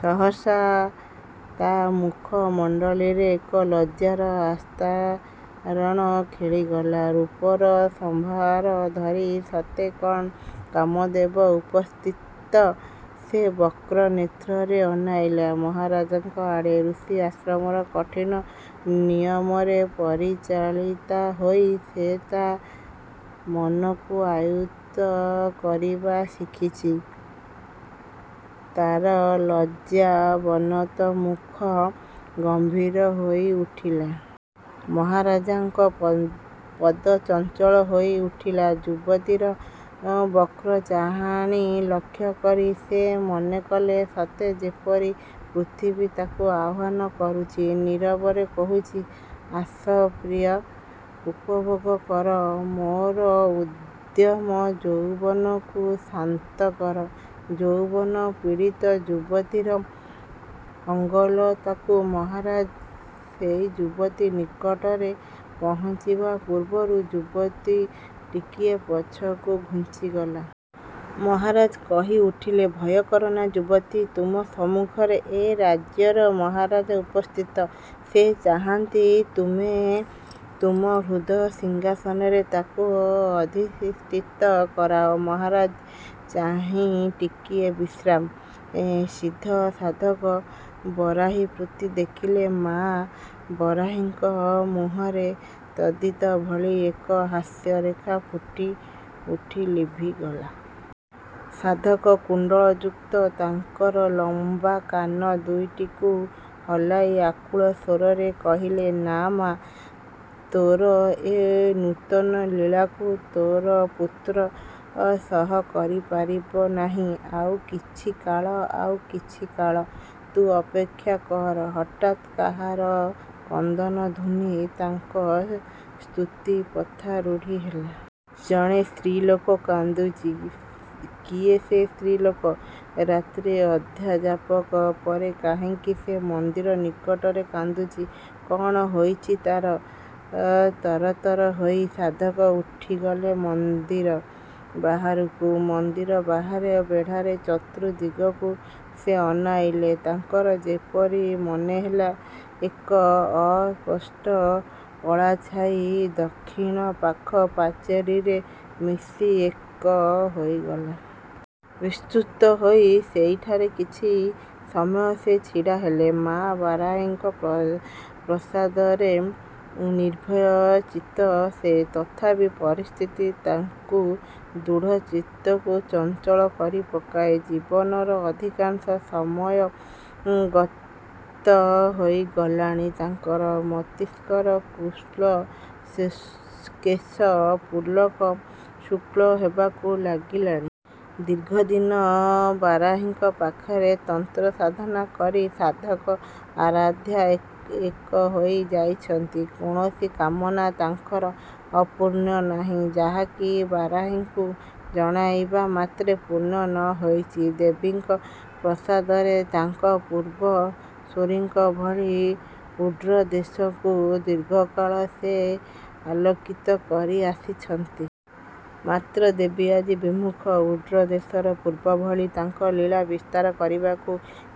ସହସା ତା ମୁଖମଣ୍ଡଳରେ ଏକ ଲଜ୍ଜାର ଆସ୍ତରଣ ଖେଳିଗଲା। ରୂପର ସମ୍ଭାର ଧରି ସତେ କଣ କାମଦେବ ଉପସ୍ଥିତ? ସେ ବକ୍ର ନେତ୍ରରେ ଅନାଇଲା ମହାରାଜାଙ୍କ ଆଡ଼େ। ଋଷି ଆଶ୍ରମର କଠିନ ନିୟମରେ ପରିଚାଳିତାହୋଇ ସେ ତା ମନକୁ ଆୟତ କରିବା ଶିଖିଛି। ତାର ଲଜ୍ଜାବନତ ମୁଖ ଗମ୍ଭୀର ହୋଇଉଠିଲା। ମହାରାଜଙ୍କ ପଦ ଚଞ୍ଚଳ ହୋଇ ଉଠିଲା ଯୁବତୀର ବକ୍ର ଚାହାଣୀ ଲକ୍ଷ୍ୟ କରି। ସେ ମନେକଲେ ସତେ ଯେପରି ପୃଥିବୀ ତାଙ୍କୁ ଆହ୍ୱାନ କରୁଛି–ନୀରବରେ କହୁଛି, ଆସ ପ୍ରିୟ! ଉପଭୋଗ କର ମୋର ଉଦ୍ଦାମ ଯୌବନକୁ। ଶାନ୍ତକର ଯୌବନ ପୀଡ଼ିତ ଯୁବତୀର ଅଙ୍ଗଲତାକୁ। ମହାରାଜ ସେହି ଯୁବତୀ ନିକଟରେ ପହଞ୍ଚିବା ପୂର୍ବରୁ ଯୁବତୀ ଟିକିଏ ପଛକୁ ଘୁଞ୍ଚିଗଲା-। ମହାରାଜ କହିଉଠିଲେ, ଭୟ କରନା ଯୁବତୀ। ତୁମ ସମ୍ମୁଖରେ ଏ ରାଜ୍ୟର ମହାରାଜ ଉପସ୍ଥିତ। ସେ ଚାହାନ୍ତି ତୁମେ ତୁମ ହୃଦୟ ସିଂହାସନରେ ତାଙ୍କୁ ଅଧିଷ୍ଠିତ କରାଅ। ମହାରାଜ। ଚାହୁଁ ଟିକିଏ ବିଶ୍ରାମ। ସିଦ୍ଧ ସାଧକ ବାରାହୀପୁତ୍ତ ଦେଖିଲେ ମା ବାରାହୀଙ୍କ ମୁହଁରେ ତଡ଼ିତ୍ ଭଳି ଏକ ହାସ୍ୟରେଖା ଫୁଟି ଉଠି ଲିଭିଗଲା। ସାଧକ କୁଣ୍ଡଳଯୁକ୍ତ ତାଙ୍କର ଲମ୍ୱା କାନ ଦୁଇଟିକୁ ହଲାଇ ଆକୁଳ ସ୍ୱରରେ କହିଲେ ନା ମା! ତୋର ଏ ନୂତନ ଲୀଳାକୁ ତୋର ପୁତ୍ର ସହ୍ୟ କରିପାରିବ ନାହିଁ-। ଆଉ କିଛିକାଳ—ଆଉ କିଛିକାଳ ତୁ ଅପେକ୍ଷା କର। ହଠାତ୍ କାହାର କ୍ରନ୍ଦନ ଧ୍ୱନୀ ତାଙ୍କ ଶୃତି ପଥାରୂଢ଼ ହେଲା। ଜଣେ ସ୍ତ୍ରୀଲୋକ କାନ୍ଦୁଛି। କିଏ ସେହି ସ୍ତ୍ରୀଲୋକ। ରାତ୍ର ଅର୍ଦ୍ଧାଯାମ ପରେ କାହିଁକି ସେ ମନ୍ଦିର ନିକଟରେ କାନ୍ଦୁଛି? କଣ ହୋଇଛି ତାର? ତରତର ହୋଇ ସାଧକ ଉଠିଗଲେ ମନ୍ଦିର ବାହାରକୁ। ମନ୍ଦିର ବାହାରେ ବେଢ଼ାର ଚତୁର୍ଦ୍ଦିଗକୁ ସେ ଅନାଇଲେ। ତାଙ୍କର ଯେପରି ମନେହେଲା ଏକ ଅସ୍ପଷ୍ଟ କଳାଛାଇ ଦକ୍ଷିଣ ପାଖ ପାଚେରୀରେ ମିଶି ଏକ ହୋଇଗଲା। ବିସ୍ମିତ ହୋଇ ସେହିଠାରେ କିଛି ସମୟ ସେ ଛିଡ଼ା ହେଲେ-। ମା ବାରାହୀଙ୍କ ପ୍ରସାଦରେ ନିର୍ଭୟ ଚିତ୍ତ ସେ। ତଥାପି ପରିସ୍ଥିତି ତାଙ୍କ ଦୃଢ଼ ଚିତ୍ତକୁ ଚଞ୍ଚଳ କରି ପକାଏ। ଜୀବନର ଅଧିକାଂଶ ସମୟ ଗତ ହୋଇ ଗଲାଣି ତାଙ୍କର। ମସ୍ତିଷ୍କର କୃଷ୍ଣ କେଶ ପୁଳାକ ଶୁକ୍ଳ ହେବାକୁ ଲାଗିଲାଣି। ଦୀର୍ଘଦିନ ବାରାହୀଙ୍କ ପାଖରେ ତନ୍ତ୍ର ସାଧନା କରି ସାଧକ ଆରାଧ୍ୟା ଏକ ହେଇ ଯାଇଛନ୍ତି। କୌଣସି କାମନା ତାଙ୍କର ଅପୂର୍ଣ୍ଣ ନାହିଁ ଯାହାକି ବାରାହୀଙ୍କୁ ଜଣାଇବା ମାତ୍ରେ ପୂର୍ଣ୍ଣ ନ ହୋଇଛି। ଦେବୀଙ୍କ ପ୍ରସାଦରେ ତାଙ୍କ ପୂର୍ବ ସୂରୀଙ୍କ ଭଳି ଉଡ଼୍ର ଦେଶକୁ ଦୀର୍ଘକାଳ ସେ ଆଲୋକିତ କରି ଆସିଛନ୍ତି। ମାତ୍ର ଦେବୀ ଆଜି ବିମୁଖ ଉଡ଼୍ର ଦେଶରେ ପୂର୍ବଭଳି ତାଙ୍କ ଲୀଳା ବିସ୍ତାର କରିବାକୁ।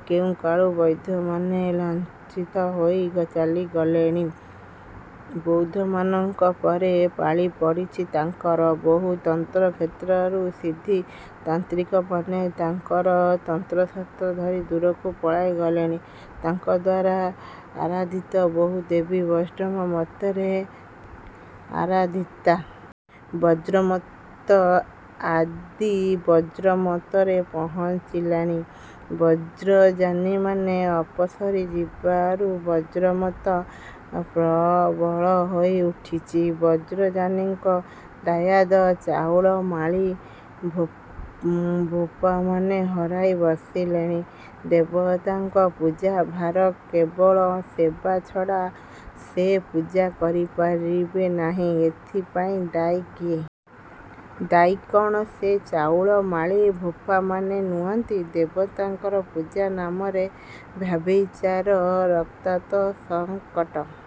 କେଉଁକାଳୁ ବୌଦ୍ଧମାନେ ଲାଞ୍ଛିତ ହୋଇ ଚାଲିଗଲେଣି। ବୌଦ୍ଧମାନଙ୍କ ପରେ ପାଳି ପଡ଼ିଛି ତାଙ୍କର। ବହୁ ତନ୍ତ୍ର କ୍ଷେତ୍ରରୁ ସିଦ୍ଧ ତାନ୍ତ୍ରିକମାନେ ତାଙ୍କର ତନ୍ତ୍ରଶାସ୍ତ୍ର ଧରି ଦୂରକୁ ପଳାଇ ଗଲେଣି। ତାଙ୍କ ଦ୍ୱାରା ଆରାଧିତ ବହୁ ଦେବୀ ବୈଷ୍ଣବ ମତରେ ଆରାଧିତା। ବଜ୍ର ମତ ଆଦି ବଜ୍ର ମତରେ ପହଞ୍ଚିଲାଣି। ବଜ୍ରଯାନୀମାନେ ଅପସରି ଯିବାରୁ ବ୍ରଜ ମତ ପ୍ରବଳ ହୋଇ ଉଠୁଛି। ବଜ୍ରଯାନୀଙ୍କ ଦାୟାଦ ରାଉଳ, ମାଳୀ, ଭୋପାମାନେ ହରାଇ ବସିଲେଣି ଦେବତାଙ୍କ ପୂଜା ଭାର। କେବଳ ସେବା ଛଡ଼ା ସେ ପୂଜା କରିପାରିବେ ନାହିଁ। ଏଥିପାଇଁ ଦାୟୀ କିଏ? ଦାୟି କଣ ସେହି ରାଉଳ, ମାଳୀ, ଭୋପାମାନେ ନୁହନ୍ତି? ଦେବତାର ପୂଜା ନାମରେ ବ୍ୟଭିଚାର ରକ୍ତାକ୍ତ ଶକଟ